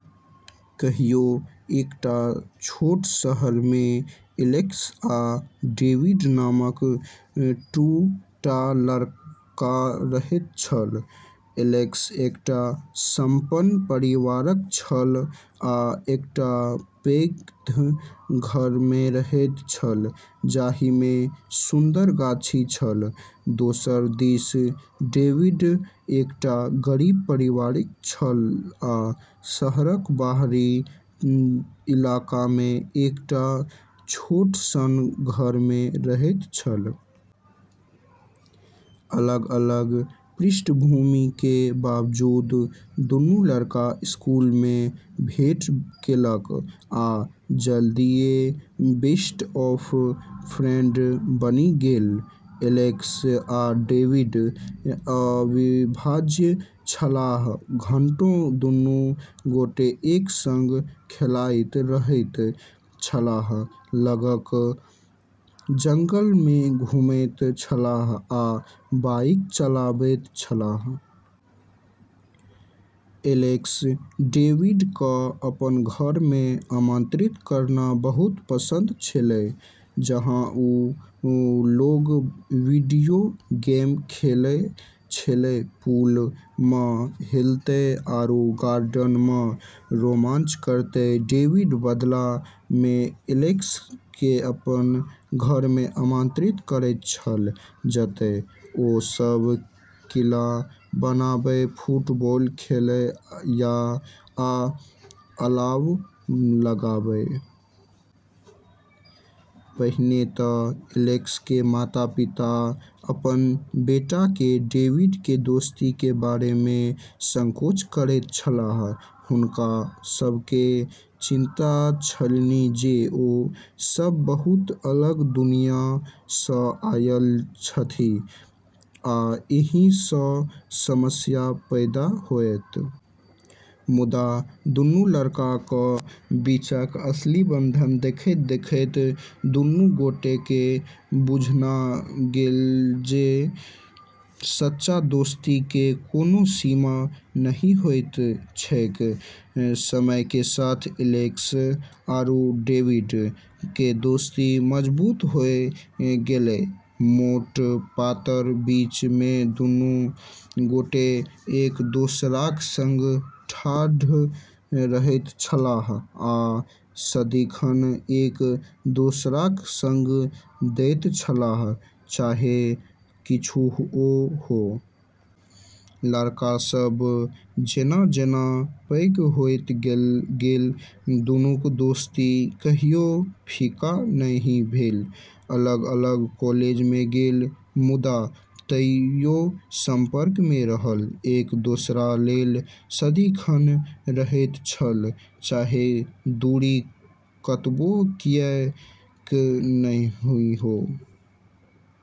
कहियो एकटा छोट शहर मे एलेक्स आ डेविड नामक दू टा लड़का रहैत छल। एलेक्स एकटा सम्पन्न परिवारक छल आ एकटा पैघ घर मे रहैत छल जाहि मे सुन्दर गाछी छल। दोसर दिस डेविड एकटा गरीब परिवारक छल आ शहरक बाहरी इलाका मे एकटा छोट सन घर मे रहैत छल। अलग अलग पृष्ठभूमि के बावजूद दुनू लड़का स्कूल मे भेंट केलक आ जल्दीए बेस्ट ऑफ फ्रेंड बनि गेल। एलेक्स आ डेविड अविभाज्य छलाह। घंटों दुनू गोटे एक संग खेलाइत रहैत छलाह, लगक जंगल मे घुमैत छलाह आ बाइक चलाबैत छलाह। एलेक्स डेविड कऽ अपन घर मे आमंत्रित करना बहुत पसंद छेलै, जहां वू लोग वीडियो गेम खेलै छेलै, पूल मऽ हेलतै, आरू गार्डन मऽ रोमांच करतै। डेविड बदला मे एलेक्स के अपन घर मे आमंत्रित करैत छल जतय ओ सब किला बनाबय, फुटबॉल खेलय आ अलाव लगाबय। पहिने त एलेक्स के माता पिता अपन बेटा के डेविड के दोस्ती के बारे मे संकोच करैत छलाह। हुनका सब के चिंता छलनि जे ओ सब बहुत अलग दुनिया स आयल छथि आ एहि स समस्या पैदा होयत। मुदा दुनू लड़काक बीचक असली बंधन देखैत देखैत दुनू गोटेकेँ बुझना गेल जे सच्चा दोस्तीकेँ कोनो सीमा नहि होइत छैक। समय के साथ एलेक्स आरू डेविड के दोस्ती मजबूत होय गेलै। मोट पातर बीच मे दुनू गोटे एक दोसराक संग ठाढ़ रहैत छलाह आ सदिखन एक दोसराक संग दैत छलाह चाहे किछुओ हो। लड़का सब जेना जेना पैघ होइत गेल, दुनूक दोस्ती कहियो फीका नहि भेल। अलग अलग कॉलेज मे गेल मुदा तइयो संपर्क मे रहल, एक दोसरा लेल सदिखन रहैत छल चाहे दूरी कतबो किएक नहि हो।